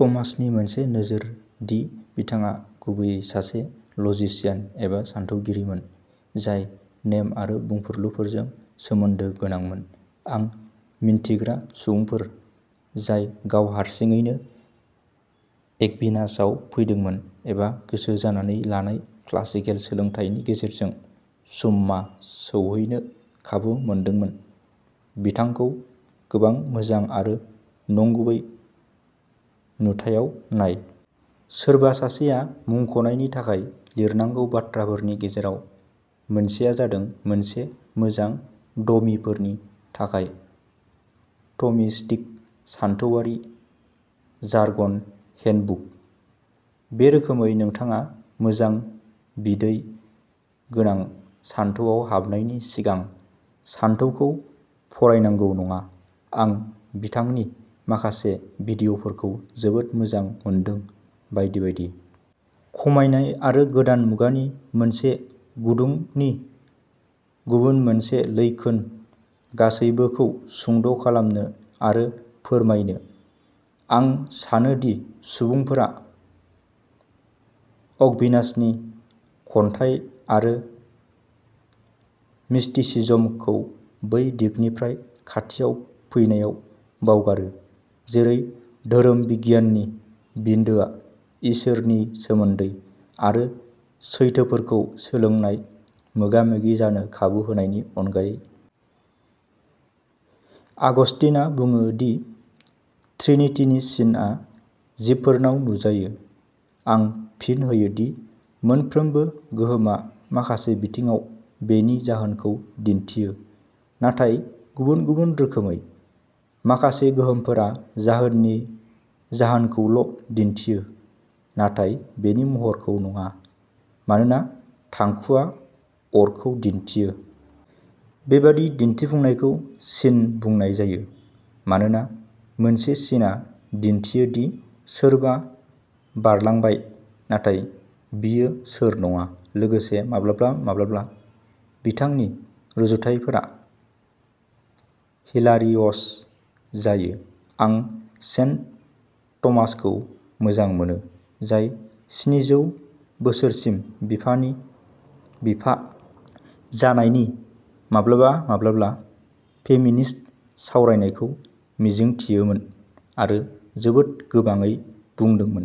थमासनि मोनसे नोजोर दि बिथाङा गुबैयै सासे लजिशियान एबा सानथौगिरिमोन, जाय नेम आरो बुंफुरलुफोरजों सोमोन्दो गोनांमोन। आं मिन्थिग्रा सुबुंफोर जाय गाव हारसिङैनो एक्विनासाव फैदोंमोन एबा गोसो जानानै लानाय क्लासिकेल सोलोंथायनि गेजेरजों सुम्मा सौहैनो खाबु मोनदोंमोन, बिथांखौ गोबां मोजां आरो नंगुबै नुथायाव नाय। सोरबा सासेया मुंख'नायनि थाखाय लिरनांगौ बाथ्राफोरनि गेजेराव मोनसेआ जादों मोनसे मोजां डमीफोरनि थाखाय थ'मिस्टिक सानथौआरि जार्गन हेन्डबुक। बे रोखोमै, नोंथाङा मोजां बिदै गोनां सानथौआव हाबनायनि सिगां सानथौखौ फरायनांगौ नङा। आं बिथांनि माखासे भिडिय'फोरखौ जोबोद मोजां मोनदों बायदि बायदि। खमायनाय आरो गोदान मुगानि गोसो गुदुंनि गुबुन मोनसे लैखोन गासैबोखौ सुंद' खालामनो आरो फोरमायनो। आं सानो दि सुबुंफोरा अक्विनासनि खन्थाइ आरो मिस्टिसिज्मखौ बै दिगनिफ्राय खाथियाव फैनायाव बावगारो, जेरै धोरोम बिगियाननि बिन्दोआ इसोरनि सोमोन्दै गोबां सैथोफोरखौ सोलोंनाय, मोगा-मोगि जानो खाबु होनायनि अनगायै। आगस्तिनआ बुङो, दि ट्रिनिटीनि सिनआ जिबफोराव नुजायो। आं फिन होयो दि, मोनफ्रोमबो गोहोमआ माखासे बिबाङाव बेनि जाहोनखौ दिन्थियो, नाथाय गुबुन-गुबुन रोखोमै। माखासे गोहोमफोरा जाहोननि जाहोनखौल' दिन्थियो, नाथाय बेनि महरखौ नङा, मानोना थांखुआ अरखौ दिन्थियो। बेबादि दिन्थिफुंनायखौ सिन बुंनाय जायो। मानोना मोनसे सिनआ दिन्थियो दि सोरबा बारलांबाय नाथाय बियो सोर नङा। लोगोसे माब्लाबा-माब्लाबा बिथांनि रुजुथायफोरा हिलारिअस जायो। आं सेन्ट थमासखौ मोजां मोनो, जाय स्निजौ बोसोरसिम बिफानि बिफा जानायनि माब्लाबा-माब्लाबा फेमिनिस्ट सावरायनायखौ मिजिंथियोमोन आरो जोबोद गोबाङै बुंदोंमोन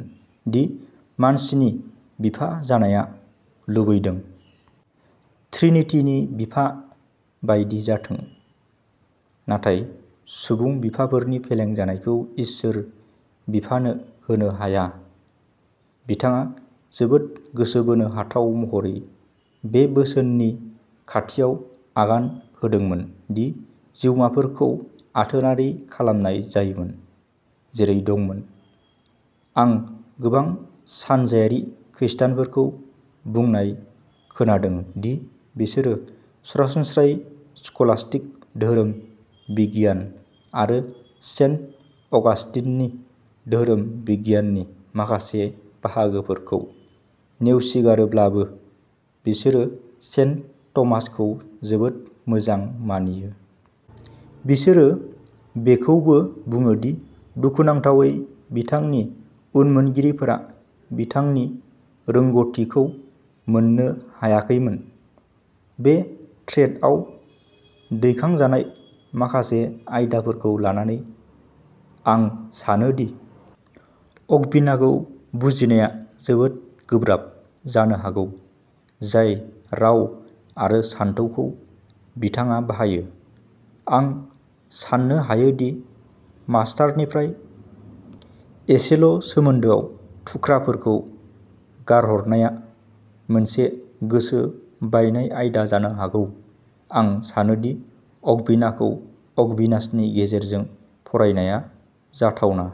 दि मानसिनि बिफा जानाया लुबैदों। ट्रिनिटीनि बिफा बायदि जाथों, नाथाय सुबुं बिफाफोरनि फेलें जानायखौ इसोर बिफानो होनो हाया। बिथाङा जोबोद गोसो बोनो हाथाव महरै बे बोसोननि खाथियाव आगान होदोंमोन दि जिउमाफोरखौ आथोनारि खालामनाय जायोमोन, जेरै दंमोन। आं गोबां सानजाआरि खृष्टानफोरखौ बुंनाय खोनादों दि बिसोरो सरासनस्रायै स्कलास्टिक धोरोम बिगियान आरो सेन्ट अगास्टिननि धोरोम बिगियाननि माखासे बाहागोफोरखौ नेवसिगारोब्लाबो, बिसोरो सेन्ट थमासखौ जोबोद मोजां मानियो। बिसोर बेखौबो बुङो दि, दुखुनांथावै, बिथांनि उनमोनगिरिफोरा बिथांनि रोंग'थिखौ मोननो हायाखैमोन। बे थ्रेडआव दैखांजानाय माखासे आयदाफोरखौ लानानै, आं सानो दि अक्विनाखौ बुजिनाया जोबोद गोब्राब जानो हागौ, जाय राव आरो सानथौखौ बिथाङा बाहायो। आं साननो हायो दि मास्टारनिफ्राय एसेल' सोमोन्दोआव थुख्राफोरखौ गारहरनाया मोनसे गोसो बायनाय आयदा जानो हागौ। आं सानो दि अक्विनाखौ अक्विनासनि गेजेरजों फरायनाया जाथावना।